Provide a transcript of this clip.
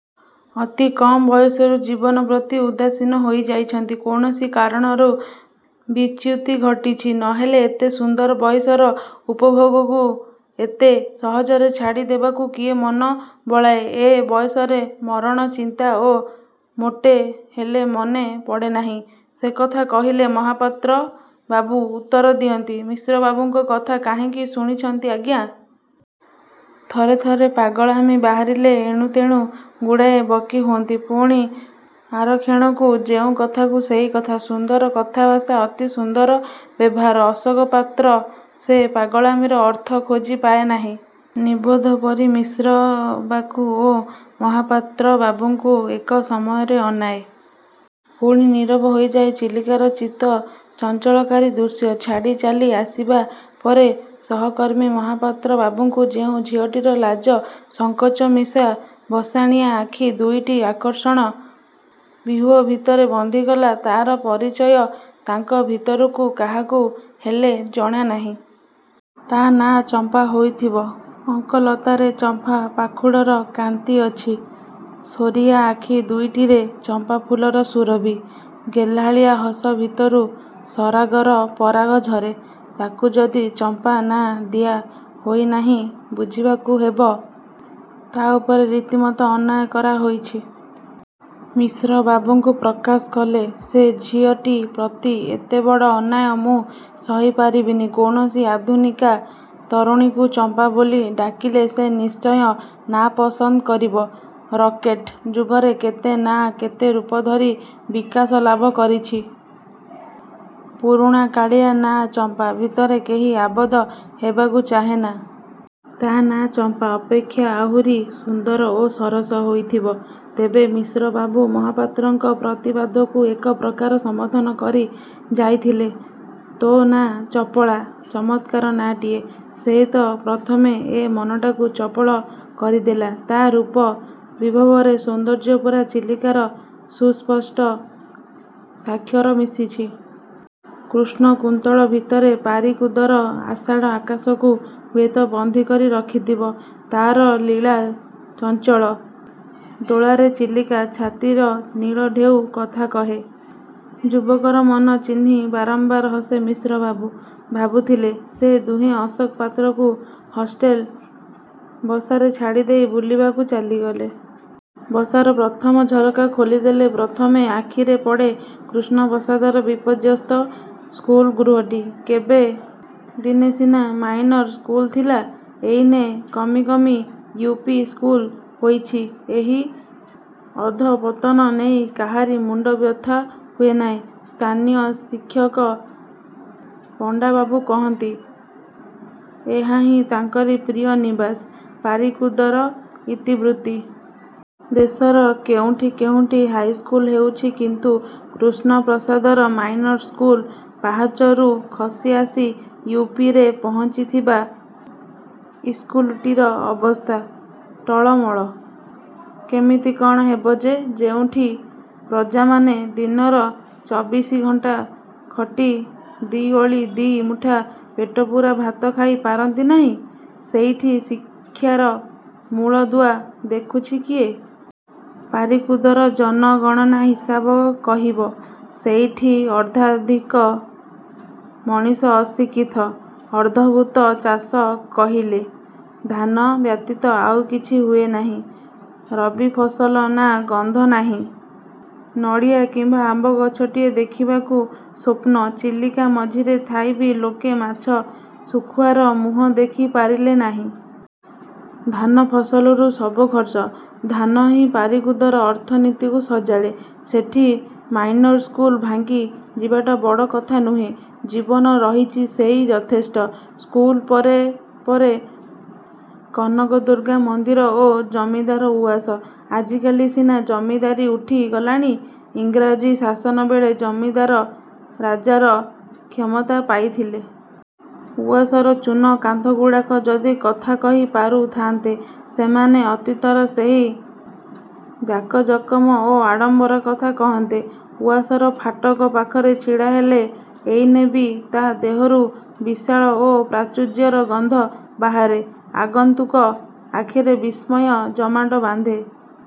ଅତି କମ୍ ବୟସରୁ ଜୀବନ ପ୍ରତି ଉଦାସୀନ ହୋଇଯାଇଛନ୍ତି। କୌଣସି କାରଣରୁ ବିଚ୍ୟୁତି ଘଟିଛି। ନହେଲେ ଏତେ ସୁନ୍ଦର ବୟସର ଉପଭୋଗକୁ ଏତେ ସହଜରେ ଛାଡ଼ି ଦେବାକୁ କିଏ ମନ ବଳାଏ? ଏ ବୟସରେ ମରଣ-ଚିନ୍ତା ତ ମୋଟେ ହେଲେ ମନେ ପଡ଼େନାହିଁ। ସେ କଥା କହିଲେ ମହାପାତ୍ର ବାବୁ ଉତ୍ତର ଦିଅନ୍ତି, 'ମିଶ୍ରବାବୁଙ୍କ କଥା କାହିଁକି ଶୁଣିଛନ୍ତି ଆଜ୍ଞା! ଥରେ ଥରେ ପାଗଳାମୀ ବାହାରିଲେ ଏଣୁ ତେଣୁ ଗୁଡ଼ିଏ ବକି ହୁଅନ୍ତି। ପୁଣି ଆରକ୍ଷଣକୁ ଯେଉଁ କଥାକୁ ସେହି କଥା। ସୁନ୍ଦର କଥାଭାଷା, ଅତି ସୁନ୍ଦର ବ୍ୟବହାର। ' ଅଶୋକ ପାତ୍ର ସେ ପାଗଳାମୀର ଅର୍ଥ ଖୋଜି ପାଏ ନାହିଁ। ନିର୍ବୋଧପରି ମିଶ୍ରବାକୁ ଓ ମହାପାତ୍ର ବାବୁଙ୍କୁ ଏକ ସମୟରେ ଅନାଏ। ପୁଣି ନୀରବ ହୋଇଯାଏ। ଚିଲିକାର ଚିତ୍ତ-ଚଞ୍ଚଳକାରୀ ଦୃଶ୍ୟ ଛାଡ଼ି ଚାଲି ଆସିବା ପରେ ସହକର୍ମୀ ମହାପାତ୍ର ବାବୁଙ୍କୁ ଯେଉଁ ଝିଅଟିର ଲାଜ, ସଙ୍କୋଚ ମିଶା ଭସାଣିଆ ଆଖି ଦୁଇଟି ଆକର୍ଷଣର ବ୍ୟୁହ ଭିତରେ ବନ୍ଦୀ କଲା, ତାର ପରିଚୟ ତାଙ୍କ ଭିତରୁ କାହାକୁ ହେଲେ ଜଣା ନାହିଁ। ତା ନାଁ 'ଚମ୍ପା' ହୋଇଥିବ। ଅଙ୍ଗଲତାରେ ଚମ୍ପା ପାଖୁଡ ର କାନ୍ତି ଅଛି। ସୋରିଆ ଆଖି ଦୁଇଟିରେ ଚମ୍ପାଫୁଲର ସୁରଭି। ଗେହ୍ଲାଳିଆ ହସ ଭିତରୁ ସରାଗର ପରାଗ ଝରେ। ତାକୁ ଯଦି ଚମ୍ପା ନାଁ ଦିଆ ହୋଇନାହିଁ, ବୁଝିବାକୁ ହେବ। ତା' ଉପରେ ରୀତିମତ ଅନ୍ୟାୟ କରା ହୋଇଛି। ମିଶ୍ରବାକୁ ପ୍ରକାଶ କଲେ। ସେ ଝିଅଟି ପ୍ରତି ଏତେବଡ଼ ଅନ୍ୟାୟ ମୁଁ ସହି ପାରିବିନି। କୌଣସି ଆଧୁନିକା ତରୁଣୀକୁ ଚମ୍ପା ବୋଲି ଡାକିଲେ ସେ ନିଶ୍ଚୟ ନାପସନ୍ଦ କରିବ। ରକେଟ୍ ଯୁଗରେ କେତେ ନାଁ କେତେ ରୂପ ଧରି ବିକାଶଲାଭ କରିଛି। ପୁରୁଣାକାଳିଆ ନାଁ 'ଚମ୍ପା' ଭିତରେ କେହି ଆବଦ୍ଧ ହେବାକୁ ଚାହେଁନା। ତା' ନାଁ 'ଚମ୍ପା' ଅପେକ୍ଷା ଆହୁରି ସୁନ୍ଦର ଓ ସରସ ହୋଇଥିବ। ତେବେ? ମିଶ୍ରବାବୁ ମହାପାତ୍ରଙ୍କ ପ୍ରତିବାଦକୁ ଏକ ପ୍ରକାର ସମର୍ଥନ କରି ଯାଇଥିଲେ-। 'ତୋ' ନାଁ ଚପଳା। ' ଚମତ୍କାର ନାଁଟିଏ। ସେଇ ତ ପ୍ରଥମେ ଏ ମନଟାକୁ ଚପଳ କରିଦେଲା। ତା' ରୂପ ବିଭବରେ ସୌନ୍ଦର୍ଯ୍ୟପୂରା ଚିଲିକାର ସୁସ୍ପଷ୍ଟ ସ୍ୱାକ୍ଷର ମିଶିଛି। କୃଷ୍ଣ କୁନ୍ତଳ ଭିତରେ ପାରିକୁଦର ଆଷାଢ଼ ଆକାଶକୁ ହୁଏତ ବନ୍ଦୀ କରି ରଖିଥିବ। ତାର ଲୀଳା ଚଞ୍ଚଳ ଡୋଳାରେ ଚିଲିକା-ଛାତିର-ନୀଳ-ଢେଉ କଥା କହେ। ଯୁବକର ମନ ଚିହ୍ନି ବାରମ୍ବାର ହସେ। ମିଶ୍ରବାବୁ ଭାବୁଥିଲେ। ସେ ଦୁହେଁ ଅଶୋକ ପାତ୍ରକୁ ହଷ୍ଟେଲ ବସାରେ ଛାଡ଼ିଦେଇ ବୁଲିବାକୁ ଚାଲିଗଲେ। ବସାର ପ୍ରଥମ ଝରକା ଖୋଲିଦେଲେ ପ୍ରଥମେ ଆଖିରେ ପଡ଼େ କୃଷ୍ଣପ୍ରସାଦର ବିପର୍ଯ୍ୟସ୍ତ ସ୍କୁଲ ଗୃହଟି। କେବେ ଦିନେ ସିନା ମାଇନର ସ୍କୁଲ ଥିଲା, ଏଇନେ କମି କମି ୟୁ. ପି. ସ୍କୁଲ ହୋଇଛି। ଏହି ଅଧୋପତନ ନେଇ କାହାରି ମୁଣ୍ଡବ୍ୟଥା ହୁଏନାହିଁ। ସ୍ଥାନୀୟ ଶିକ୍ଷକ ପଣ୍ଡାବାବୁ କହନ୍ତି, ଏହାହିଁ ତାଙ୍କରି ପ୍ରିୟ-ନିବାସ ପାରିକୁଦର ଇତିବୃତ୍ତି। ଦେଶର କେଉଁଠି କେଉଁଠି ହାଇସ୍କୁଲ ହେଉଛି। କିନ୍ତୁ କୃଷ୍ଣପ୍ରସାଦର 'ମାଇନର-ସ୍କୁଲ-ପାହାଚରୁ ଖସି-ଆସି ୟୁ. ପି. ରେ ପହୁଞ୍ଚିଥିବା' ଇସ୍କୁଲଟିର ଅବସ୍ଥା ଟଳମଳ। କେମିତି କଣ ହେବ ଯେ? ଯେଉଁଠି ପ୍ରଜାମାନେ ଦିନର ଚବିଶି ଘଣ୍ଟା ଖଟି ଦି' ଓଳି ଦି' ମୁଠା ପେଟପୁରା ଭାତ ଖାଇ ପାରନ୍ତି ନାହିଁ; ସେଇଠି ଶିକ୍ଷାର ମୂଳଦୁଆ ଦେଖୁଛି କିଏ? ପାରିକୁଦର ଜନଗଣନା ହିସାବ କହିବ, ସେଇଠି ଅର୍ଦ୍ଧାଧିକ ମଣିଷ ଅଶିକ୍ଷିତ; ଅର୍ଦ୍ଧଭୂକ୍ତ। ଚାଷ କହିଲେ ଧାନ ବ୍ୟତୀତ ଆଉ କିଛି ହୁଏ ନାହିଁ। ରବି ଫସଲ ନାଁ ଗନ୍ଧ ନାହିଁ। ନଡ଼ିଆ କି ଆମ୍ବ ଗଛଟିଏ ଦେଖିବାକୁ ସ୍ୱପ୍ନ। ଚିଲିକା ମଝିରେ ଥାଇ ବି ଲୋକେ ମାଛ ଶୁଖିଆର ମୁହଁ ଦେଖି ପାରିଲେ ନାହିଁ। ଧାନ ଫସଲରୁ ସବୁ ଖର୍ଚ୍ଚ। ଧାନହିଁ ପାରିକୁଦର ଅର୍ଥନୀତିକୁ ସଜାଡ଼େ। ସେଠି ମାଇନରସ୍କୁଲ ଭାଙ୍ଗି ଯିବାଟା ବଡ଼ କଥା ନୁହେଁ। ଜୀବନ ରହିଛି, ସେଇ ଯଥେଷ୍ଟ। ସ୍କୁଲ ପରେ ପରେ କନକ-ଦୁର୍ଗା ମନ୍ଦିର ଓ ଜମିଦାର ଉଆସ। ଆଜିକାଲି ସିନା ଜମିଦାରୀ ଉଠି ଗଲାଣି, ଇଂରାଜୀ ଶାସନ ବେଳେ ଜମିଦାର ରାଜାର କ୍ଷମତା ପାଇଥିଲେ। ଉଆସର ଚୂନ କାନ୍ଥଗୁଡ଼ାକ ଯଦି କଥା କହି ପାରୁଥାନ୍ତେ, ସେମାନେ ଅତୀତର ସେହି ଜାକଜକମ ଓ ଆଡ଼ମ୍ବର କଥା କହନ୍ତେ। ଉଆସର ଫାଟକ ପାଖରେ ଛିଡ଼ା ହେଲେ, ଏଇନେ ବି ତା' ଦେହରୁ ବିଳାସ ଓ ପ୍ରାଚୁର୍ଯ୍ୟର ଗନ୍ଧ ବାହାରେ। ଆଗନ୍ତୁକ ଆଖିରେ ବିସ୍ମୟ ଜମାଟ ବାନ୍ଧେ।